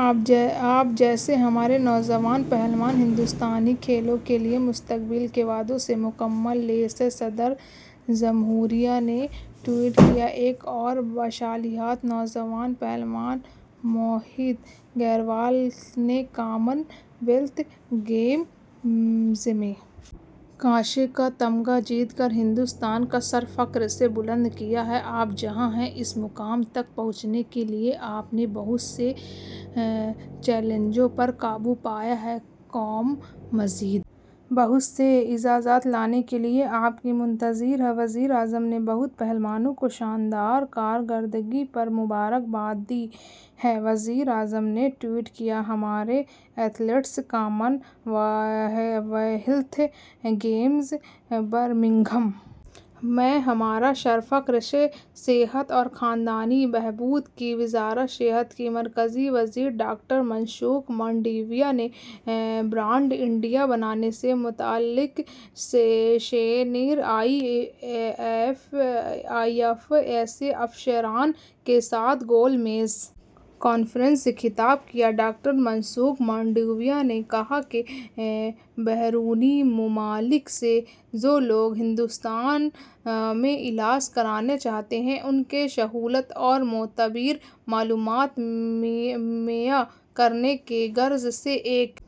آپ جیسے ہمارے نوجوان پہلوان ہندوستانی کھیلوں کے لیے مستقبل کے وعدوں سے مکمل لیس ہیں صدر جمہوریہ نے ٹوئٹ کیا ایک اور باصلاحیت نوجوان پہلوان موہت گریوال نے کامن ویلتھ گیمز میں کانسے کا تمغہ جیت کر ہندوستان کا سر فخر سے بلند کیا ہے آپ جہاں ہیں اس مقام تک پہنچنے کے لیے آپ نے بہت سے چیلنجوں پر قابو پایا ہے قوم مزید بہت سے اعزازات لانے کے لیے آپ کی منتظر ہے وزیر اعظم نے بھی پہلوانوں کو شاندار کارکردگی پر مبارکباد دی ہے وزیر اعظم نے ٹوئٹ کیا ہمارے athletes commonwealth games Birmingham میں ہمارا سر فخر سے صحت اور خاندانی بہبود کی وزارت صحت کے مرکزی وزیر ڈاکٹر منسکھ مانڈویا نے برانڈ انڈیا بنانے سے متعلق سینئر آئی ایف ایس آفیسران کے ساتھ گول میز کانفرنس سے خطاب کیا ڈاکٹر منسکھ مانڈویا نے کہا کہ بیرونی ممالک سے جو لوگ ہندوستان میں علاج کرانا چاہتے ہیں ان کی سہولت اور معتبر معلومات مہیا کرنے کی غرض سے ایک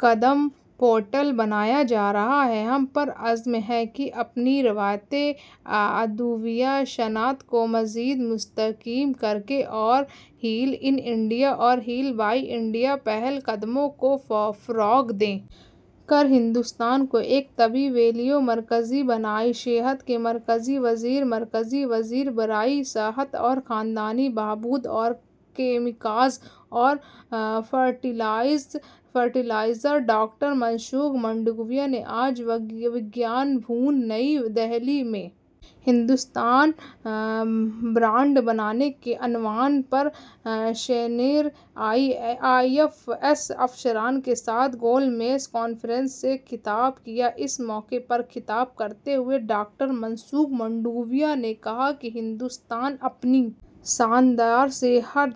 قدم پورٹل بنایا جا رہا ہے ہم پر عزم ہیں کہ اپنی روایتی ادویہ صنعت کو مزید مستحکم کر کے اور ہیل ان انڈیا اور ہیل بائی انڈیا پہل قدمیوں کو فروغ دے کر ہندوستان کو ایک طبی ویلیو مرکز بنائیں صحت کے مرکزی وزیر مرکزی وزیر برائے صحت اور خاندانی بہبود اور کیمیکلز اور فرٹیلائزر ڈاکٹر منسکھ مانڈویا نے آج وگیان بھون نئی دہلی میں ہندوستانی برانڈ بنانے کے عنوان پر سینئر آئی ایف ایس افسران کے ساتھ گول میز کانفرنس سے خطاب کیا اس موقع پر خطاب کرتے ہوئے ڈاکٹر منسکھ مانڈویا نے کہا کہ ہندوستان اپنے شاندار صحت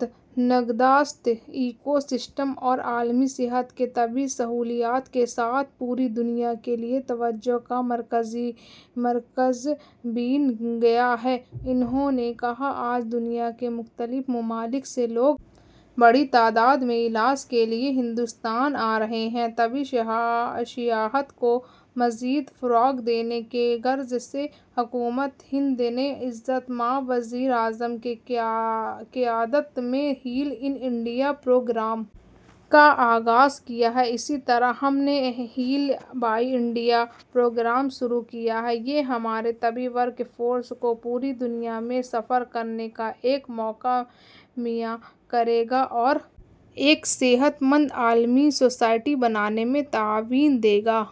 نگہداشت ایکو سسٹم اور عالمی سطح کی طبی سہولیات کے ساتھ پوری دنیا کے لیے توجہ کا مرکز بن گیا ہے انہوں نے کہا آج دنیا کے مختلف ممالک سے لوگ بڑی تعداد میں علاج کے لیے ہندوستان آ رہے ہیں طبی سیاحت کو مزید فروغ دینے کی غرض سے حکومت ہند نے عزت مآب وزیر اعظم کی قیادت میں ہیل ان انڈیا پروگرام کا آغاز کیا ہے اسی طرح ہم نے ہیل بائی انڈیا پروگرام شروع کیا ہے یہ ہماری طبی ورک فورس کو پوری دنیا میں سفر کرنے کا ایک موقع مہیا کرے گا اور ایک صحت مند عالمی سوسائٹی بنانے میں تعاون دے گا